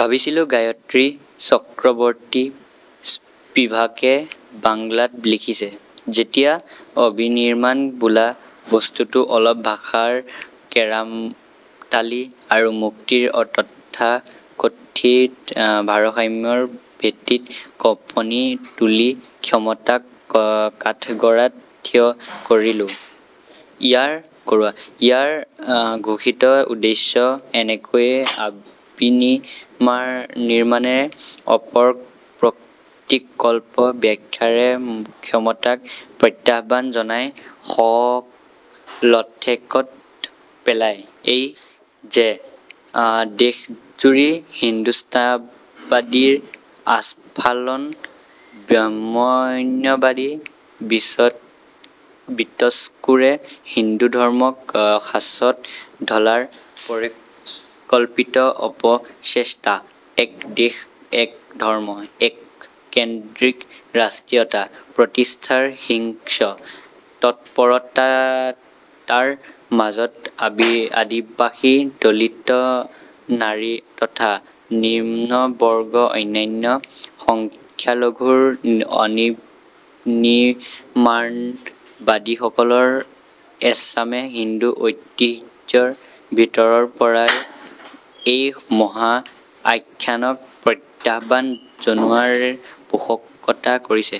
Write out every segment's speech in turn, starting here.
ভাবিছিলোঁ গায়ত্ৰী চক্ৰবৰ্তী স্পিভাকে বাংলাত লিখিছে যেতিয়া অবিনিৰ্মাণ বোলা বস্তুটো অলপ ভাষাৰ কেৰামতালি আৰু যুক্তিৰ তথাকথিত ভাৰসাম্যৰ ভেটিত কঁপনি তুলি ক্ষমতাক কাঠগড়াত থিয় কৰোৱা। ইয়াৰ ঘোষিত উদ্দেশ্য এনেকৈয়ে অবিনিৰ্মাণে অপৰ প্ৰতিকল্প ব্যাখ্যাৰে ক্ষমতাক প্ৰত্যাহ্বান জনায় শ'লঠেকত পেলায়। এই যে দেশজুৰি হিন্দুত্ববাদীৰ আস্ফালন, ব্ৰাহ্মণ্যবাদী বিতচকুৰে হিন্দুধৰ্মক সাঁচত ঢলাৰ পৰিকল্পিত অপচেষ্টা, এক দেশ‌ এক ধৰ্ম‌ এককেন্দ্ৰিক ৰাষ্ট্ৰীয়তা প্ৰতিষ্ঠাৰ হিংস্ৰ তৎপৰততাৰ মাজত আদিবাসী দলিত নাৰী তথা নিম্নবৰ্গ অন্যান্য সংখ্যালঘুৰ অবিনিৰ্মাণবাদীসকলৰ এচামে হিন্দু ঐতিহ্যৰ ভিতৰৰপৰাই এই মহা আখ্যানক প্ৰত্যাহ্বান জনোৱাৰ পোষকতা কৰিছে।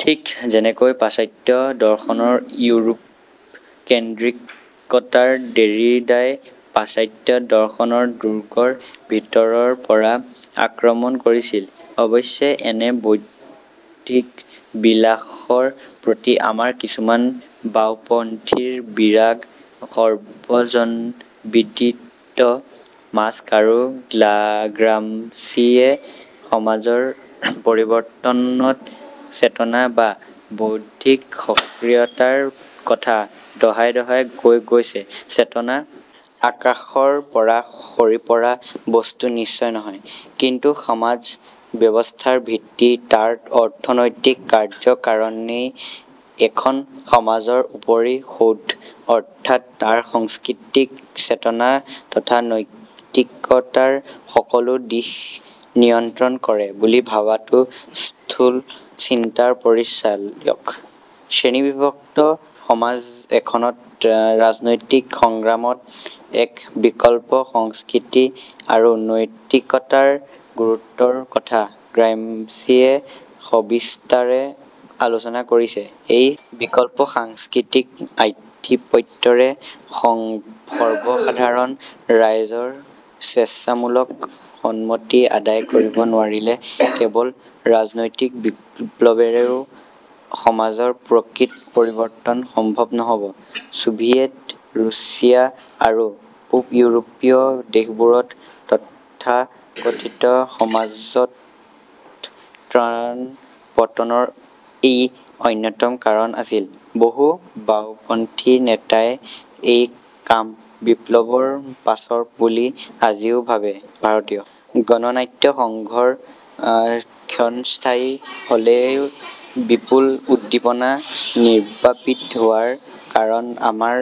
ঠিক যেনেকৈ পাশ্চাত্য দৰ্শনৰ ইউৰোপকেন্দ্ৰিকতাক দেৰিডাই পাশ্চাত্য দৰ্শনৰ দুৰ্গৰ ভিতৰৰপৰাই আক্ৰমণ কৰিছিল। অৱশ্যে এনে বৌদ্ধিক বিলাসৰ প্ৰতি আমাৰ কিছুমান বাওঁপন্থীৰ বিৰাগ সৰ্বজনবিদিত। মাৰ্ক্স আৰু গ্ৰামছিয়ে সমাজৰ পৰিবৰ্তনত চেতনা বা বৌদ্ধিক সক্ৰিয়তাৰ কথা দঢ়াই দঢ়াই কৈ গৈছে। চেতনা আকাশৰপৰা সৰি পৰা বস্তু নিশ্চয় নহয়। কিন্তু সমাজ ব্যৱস্থাৰ ভিত্তি তাৰ অৰ্থনৈতিক কাৰ্য কাৰণেই এখন সমাজৰ উপৰি সৌধ অৰ্থাৎ তাৰ সাংস্কৃতিক চেতনা তথা নৈতিকতাৰ সকলো দিশ নিয়ন্ত্ৰণ কৰে বুলি ভবাটো স্থূল চিন্তাৰ পৰিচায়ক। শ্ৰেণীবিভক্ত সমাজ এখনত ৰাজনৈতিক সংগ্ৰামত এক বিকল্প সংস্কৃতি আৰু নৈতিকতাৰ গুৰুত্বৰ কথা গ্ৰামছিয়ে সবিস্তাৰে আলোচনা কৰিছে। এই বিকল্প সাংস্কৃতিক আধিপত্যৰে সৰ্বসাধাৰণ ৰাইজৰ স্বেচ্ছামূলক সন্মতি আদায় কৰিব নোৱাৰিলে কেৱল ৰাজনৈতিক বিপ্লৱেৰেও সমাজৰ প্ৰকৃত পৰিবৰ্তন সম্ভৱ নহ'ব। ছোভিয়েট ৰুছিয়া আৰু পূব ইউৰোপীয় দেশবোৰত তথাকথিত সমাজতন্ত্ৰৰ পতনৰ ই অন্যতম কাৰণ আছিল। বহু বাওঁপন্থী নেতাই এই কাম বিপ্লৱৰ পাছৰ বুলি আজিও ভাবে। ভাৰতীয় গণনাট্য সংঘৰ ক্ষণস্থায়ী হ'লেও বিপুল উদ্দীপনা নিৰ্বাপিত হোৱাৰ কাৰণ আমাৰ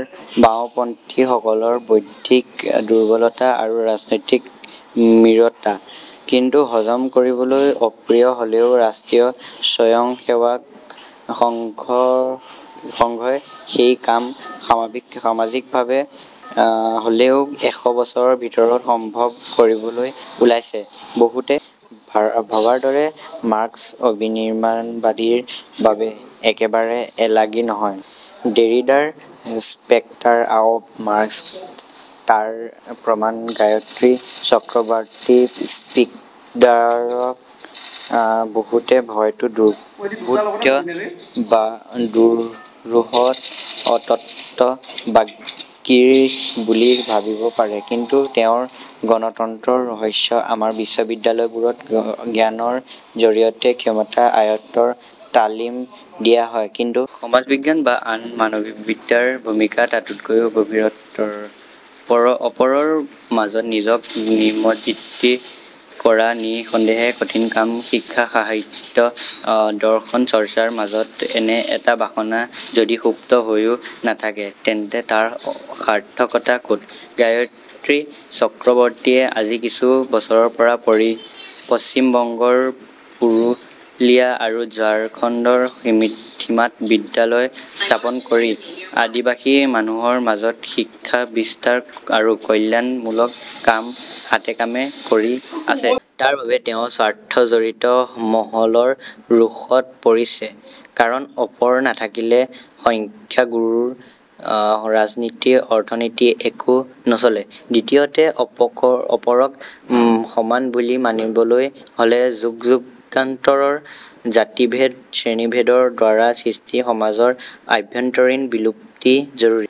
বাওঁপন্থীসকলৰ বৌদ্ধিক দুৰ্বলতা আৰু ৰাজনৈতিক মূঢ়তা। কিন্তু হজম কৰিবলৈ অপ্ৰিয় হ'লেও ৰাষ্ট্ৰীয় স্বয়ংসেৱক সংঘই সেই কাম সাময়িকভাবে হ'লেও এশ বছৰৰ ভিতৰত সম্ভৱ কৰিবলৈ ওলাইছে। বহুতে ভবাৰদৰে মাৰ্ক্স অবিনিৰ্মাণবাদীৰ বাবে একেবাৰে এলাগী নহয়। দেৰিডাৰ স্পেক্টাৰ অব মাৰ্ক্সত তাৰ প্ৰমাণ গায়ত্ৰী চক্ৰবৰ্তী স্পিভাকক বহুতে হয়তো দুৰ্বোধ্য বা দুৰূহ তত্ত্ববাগীশ বুলি ভাবিব পাৰে, কিন্তু তেওঁৰ গণতন্ত্ৰৰ ৰহস্য আমাৰ বিশ্ববিদ্যালয়বোৰত জ্ঞানৰ জৰিয়তে ক্ষমতা আয়ত্তৰ তালিম দিয়া হয়। কিন্তু সমাজবিজ্ঞান বা আন মানবীবিদ্যাৰ ভূমিকা তাতকৈয়ো গভীৰতৰ। অপৰৰ মাজত নিজক নিমজ্জিত কৰা নিঃসন্দেহে কঠিন কাম। শিক্ষা, সাহিত্য, দৰ্শন চৰ্চাৰ মাজত এনে এটা বাসনা যদি সুপ্ত হৈয়ো নাথাকে তেন্তে তাৰ সাৰ্থকতা ক'ত? গায়ত্ৰী চক্ৰবৰ্তীয়ে আজি কিছু বছৰৰপৰা পশ্চিমবংগৰ পুৰুলিয়া আৰু ঝাৰখণ্ডৰ সীমাত বিদ্যালয় স্থাপন কৰি আদিবাসী মানুহৰ মাজত শিক্ষাবিস্তাৰ আৰু কল্যাণমূলক কাম হাতেকামে কৰি আছে। তাৰ বাবে তেওঁ স্বাৰ্থজড়িত মহলৰ ৰোষত পৰিছে, কাৰণ অপৰ নাথাকিলে সংখ্যাগুৰুৰ ৰাজনীতি, অৰ্থনীতি একো নচলে। দ্বিতীয়তে অপৰক সমান বুলি মানিবলৈ হলে যুগযুগান্তৰৰ জাতিভেদ, শ্ৰেণীভেদৰ দ্বাৰা সৃষ্ট সমাজৰ আভ্যন্তৰীণ বিলুপ্তি জৰুৰী।